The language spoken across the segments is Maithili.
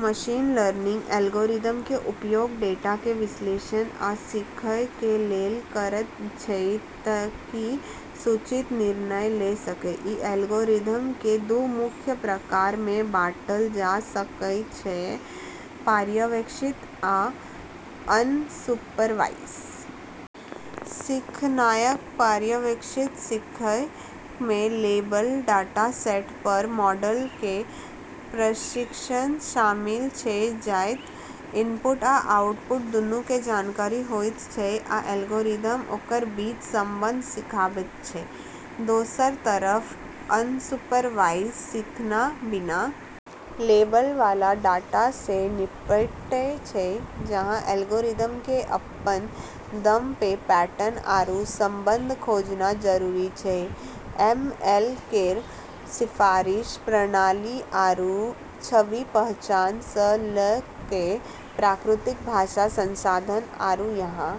मशीन लर्निंग एल्गोरिदम कें उपयोग डेटा कें विश्लेषण आ सीखय कें लेल करयत छै ताकि सूचित निर्णय ले सकय, इ एल्गोरिदम कें दू मुख्य प्रकार मे बांटल जा सकय छै पर्यवेक्षित आ अनसुपरवाइज सीखनाय पर्यवेक्षित सीखय मे लेबल डाटा-सेट पर मॉडल कें प्रशिक्षण शामिल छै जत इनपुट आ आउटपुट दूनू कें जानकारी होयत छै आ एल्गोरिदम ओकर बीच संबंध सीखयत छै, दोसरऽ तरफ अनसुपरवाइज सीखना बिना लेबल वाला डाटा से निपटै छै, जहाँ एल्गोरिदम के अपनऽ दम पे पैटर्न आरू संबंध खोजना जरूरी छै, एमएल केरऽ सिफारिश प्रणाली आरू छवि पहचान स ल कै प्राकृतिक भाषा संसाधन आरू यहां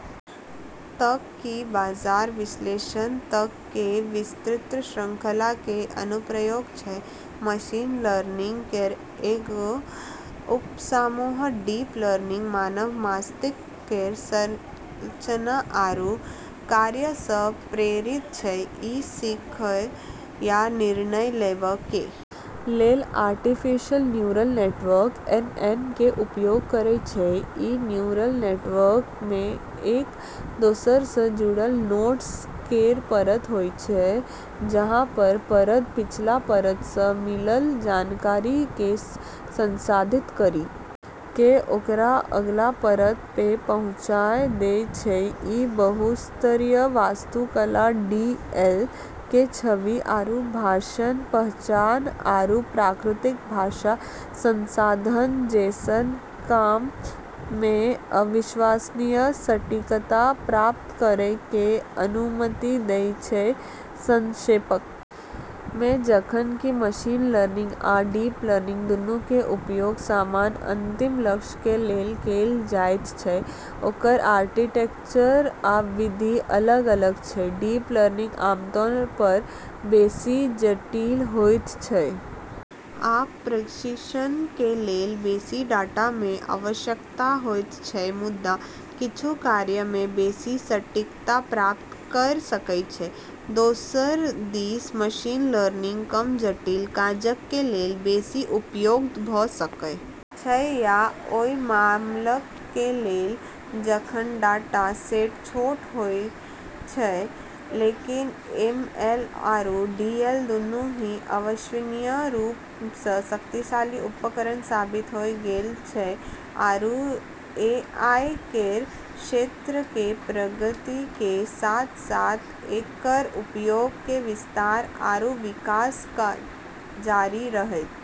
तक कि बाजार विश्लेषण तक के विस्तृत श्रृंखला के अनुप्रयोग छै, मशीन लर्निंग केरऽ एगो उपसमूह डीप लर्निंग मानव मस्तिष्क केरऽ संरचना आरू कार्य स॑ प्रेरित छै, इ सीखय आ निर्णय लेवा कें लेल आर्टिफिशियल न्यूरल नेटवर्क (एनएन) कें उपयोग करय छै, ई न्यूरल नेटवर्क म॑ एक दोसरा स॑ जुड़लऽ नोड्स केरऽ परत होय छै, जहां हर परत पिछला परत स॑ मिललऽ जानकारी के संसाधित करी के ओकरा अगला परत पे पहुँचाय दै छै, ई बहुस्तरीय वास्तुकला डीएल के छवि आरू भाषण पहचान आरू प्राकृतिक भाषा संसाधन जैसनऽ काम मे अविश्वसनीय सटीकता प्राप्त करै के अनुमति दै छै, संक्षेप मे जखन कि मशीन लर्निंग आ डीप लर्निंग दूनू कें उपयोग समान अंतिम लक्ष्य कें लेल कैल जायत छै ओकर आर्किटेक्चर आ विधि अलग-अलग छै, डीप लर्निंग आमतौर पर बेसि जटिल होयत छै आ प्रशिक्षण कें लेल बेसि डाटा कें आवश्यकता होयत छै मुदा किच्छू कार्यक मे बेसि सटीकता प्राप्त कयर सकय छै दोसर दिस मशीन लर्निंग कम जटिल काजक कें लेल बेसि उपयुक्त भ सकय छै, या ओय मामलाक कें लेल जखन डाटा-सेट छोट होय छै लेकिन एमएल आरू डीएल दोनों ही अविश्वसनीय रूप से शक्तिशाली उपकरण साबित होय गेलऽ छै आरू एआई केरऽ क्षेत्र के प्रगति के साथ-साथ एकरऽ उपयोग के विस्तार आरू विकास जारी रहतै।